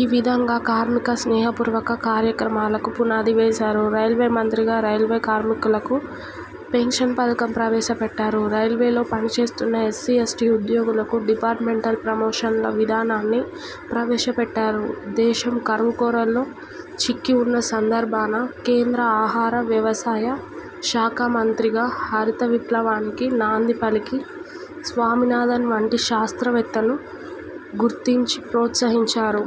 ఈ విధంగా కార్మిక స్నేహపూర్వక కార్యక్రమాలకు పునాది వేశారు. రైల్వే మంత్రిగా రైల్వే కార్మికులకు పెన్షన్ పథకం ప్రవేశపెట్టారు. రైల్వేలో పనిచేస్తున్న ఎస్సీ, ఎస్టీ ఉద్యోగులకు డిపార్ట్మెంటల్ ప్రమోషన్ల విధానాన్ని ప్రవేశపెట్టారు. దేశం కరువు కోరల్లో చిక్కివున్న సందర్భాన కేంద్ర ఆహార, వ్యవసాయ శాఖామంత్రిగా హరిత విప్లవానికి నాందిపలికి స్వామినాథన్ వంటి శాస్త్రవేత్తను గుర్తించి ప్రోత్సహించారు.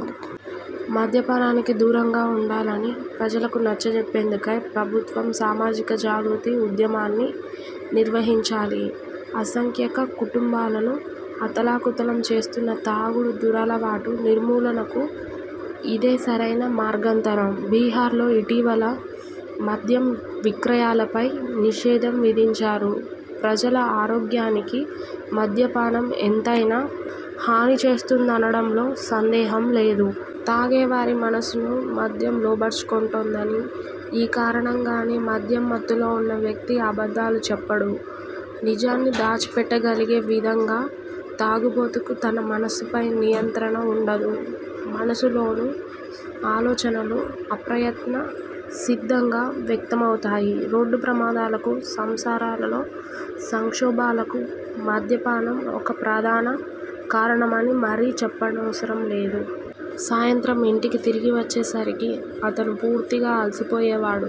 మద్యపానానికి దూరంగా వుండాలని ప్రజలకు నచ్చచెప్పేందుకై ప్రభుత్వం సామాజిక జాగృతి ఉద్యమాన్ని నిర్వహించాలి. అసంఖ్యాక కుటుంబాలను అతలాకుతలం చేస్తున్న తాగుడు దురలవాటు నిర్మూలనకు ఇదే సరైన మార్గాంతరం. బిహార్లో ఇటీవల మద్యం విక్రయాలపై నిషేధం విధించారు. ప్రజల ఆరోగ్యానికి మద్యపానం ఎంతైనా హానిచేస్తుందనడంలో సందేహం లేదు. తాగేవారి మనస్సును మద్యం లోబరుచుకొంటుంది. ఈ కారణంగానే మద్యం మత్తులో వున్న వ్యక్తి అబద్ధం చెప్పడు. నిజాన్ని దాచిపెట్టగలిగే విధంగా తాగుబోతుకు తన మనస్సుపై నియంత్రణ వుండదు. మనస్సులోని ఆలోచనలు అప్రయత్న సిద్ధంగా వ్యక్తమవుతాయి. రోడ్డు ప్రమాదాలకు, సంసారాలలో సంక్షోభాలకు మద్య పానం ఒక ప్రధాన కారణమని మరి చెప్పనవసరం లేదు. సాయంత్రం ఇంటికి తిరిగివచ్చే సరికి అతను పూర్తిగా అలసిపోయేవాడు.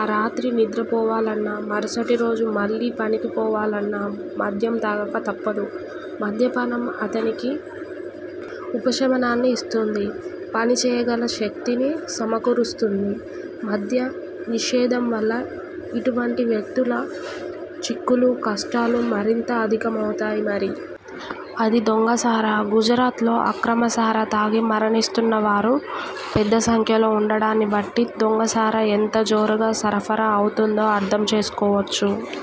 ఆ రాత్రి నిద్ర పోవాలన్నా, మరుసటి రోజు మళ్ళీ పనికి పోవాలన్నా మద్యం తాగక తప్పదు. మద్యపానం అతనికి ఉపశమనాన్ని ఇస్తుంది. పనిచేయగల శక్తినీ సమకూరుస్తుంది. మద్య నిషేధం వల్ల ఇటువంటి వ్యక్తుల చిక్కులు, కష్టాలు మరింతగా అధికమవుతాయి మరి. అది దొంగ సారా. గుజరాత్లో అక్రమ సారా తాగి మరణిస్తున్న వారు పెద్ద సంఖ్యలో వుండడాన్ని బట్టి దొంగ సారా ఎంత జోరుగా సరఫరా అవుతుందో అర్థం చేసుకోవచ్చు.